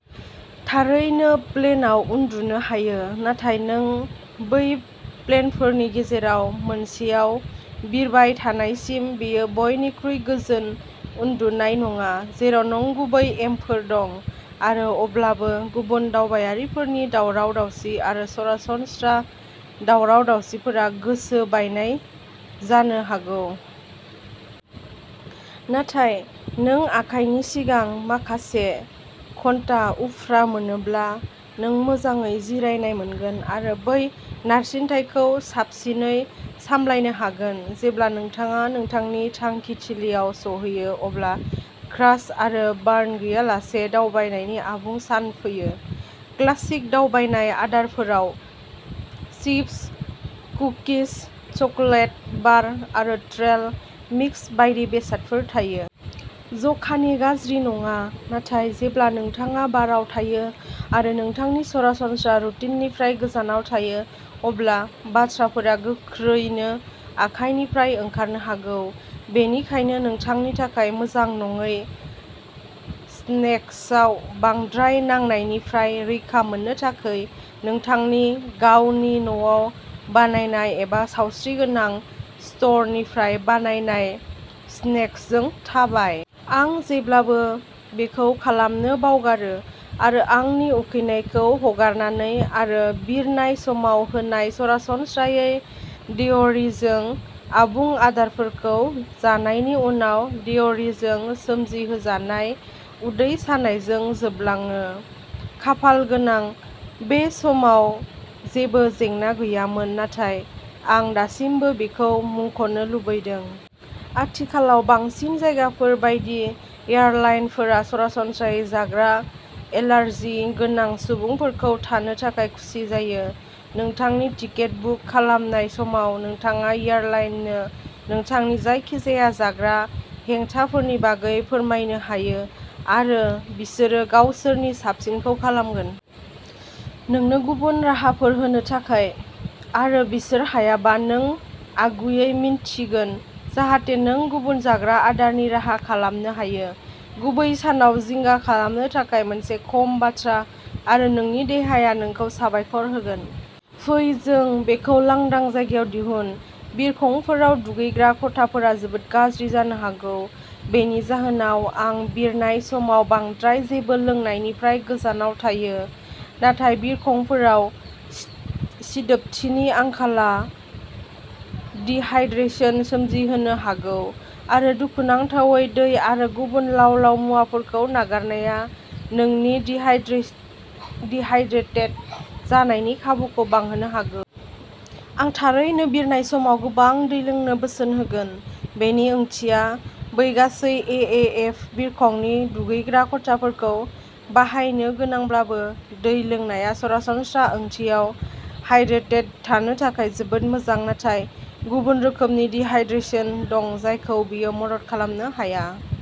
थारैनो, प्लेनआव उन्दुनो हायो, नाथाय नों बै प्लेनफोरनि गेजेराव मोनसेआव बिरबाय थानायसिम बेयो बयनिख्रुइ गोजोन उन्दुनाय नङा, जेराव नंगुबै एमफोर दं। आरो अब्लाबो, गुबुन दावबायारिफोरनि दावराव-दावसि आरो सरासनस्रा दावराव-दावसिफोरा गोसो बायनाय जानो हागौ। नाथाय, नों आखाइनि सिगां माखासे घन्टा उफ्रा मोनोब्ला नों मोजाङै जिरायनाय मोनगोन आरो बै नारसिनथायखौ साबसिनै सामलायनो हागोन। जेब्ला नोंथाङा नोंथांनि थांखिथिलियाव सौहैयो अब्ला क्रास आरो बार्न गैयालासे दावबायनायनि आबुं सान फैयो। क्लासिक दावबायनाय आदारफोराव चिप्स, कुकिज, चकलेट बार आरो ट्रेल मिक्स बायदि बेसादफोर थायो। जखानि गाज्रि नङा, नाथाय जेब्ला नोंथाङा बाराव थायो आरो नोंथांनि सरासनस्रा रुटिननिफ्राय गोजानाव थायो अब्ला बाथ्राफोरा गोख्रैनो आखायनिफ्राय ओंखारनो हागौ। बेनिखायनो नोंथांनि थाखाय मोजां नङै स्नेक्सआव बांद्राय नांनायनिफ्राय रैखा मोननो थाखाय, नोंथांनि गावनि न'आव बानायनाय एबा सावस्रिगोनां स्ट'रनिफ्राय बायनाय स्नेक्सजों थाबाय। आं जेब्लाबो बेखौ खालामनो बावगारो आरो आंनि उखैनायखौ हगारनानै आरो बिरनाय समाव होनाय सरासनस्रायै डेयरीजों आबुं आदारफोरखौ जानायनि उनाव डेयरीजों सोमजिहोजानाय उदै सानायजों जोबलाङो। खाफालगोनांै, बे समाव जेबो जेंना गैयामोन, नाथाय आं दासिमबो बेखौ मुंख'नो लुबैदों। आथिखालाव बांसिन जायगाफोर बायदि, एयारलाइनफोरा सरासनस्रायै जाग्रा एलार्जि गोनां सुबुंफोरखौ थानो थाखाय खुसि जायो। नोंथांनि टिकेट बुक खालामनाय समाव, नोंथाङा एयारलाइननो नोंथांनि जायखिजाया जाग्रा हेंथाफोरनि बागै फोरमायनो हायो आरो बिसोरो गावसोरनि साबसिनखौ खालामगोन। नोंनो गुबुन राहाफोर होनो थाखाय। आरो बिसोर हायाबा नों आगुयै मिन्थिगोन जाहाथे नों गुबुन जाग्रा आदारनि राहा खालामनो हायो। गुबै सानाव जिंगा खालामनो थाखाय मोनसे खम बाथ्रा आरो नोंनि देहाया नोंखौ साबायखर होगोन। फै जों बेखौ लांदां जायगायाव दिहुनः बिरखंफोराव दुगैग्रा खथाफोरा जोबोद गाज्रि जानो हागौ। बेनि जाहोनाव, आं बिरनाय समाव बांद्राय जेबो लोंनायनिफ्राय गोजानाव थायो। नाथाय बिरखंफोराव सिदोबथिनि आंखालआ डिहाइड्रेशन सोमजिहोनो हागौ। आरो दुखुनांथावै, दै आरो गुबुन लाव-लाव मुवाफोरखौ नागारनाया नोंनि डिहाइड्रेटेड जानायनि खाबुखौ बांहोनो हागौ। आं थारैनो बिरनाय समाव गोबां दै लोंनो बोसोन होगोन। बेनि ओंथिया बै गासै एएफ बिरखंनि दुगैग्रा खथाफोरखौ बाहायनो गोनांब्लाबो। दै लोंनाया सरासनस्रा ओंथियाव हाइड्रेटेड थानो थाखाय जोबोद मोजां, नाथाय गुबुन रोखोमनि डिहाइड्रेशन दं जायखौ बेयो मदद खालामनो हाया।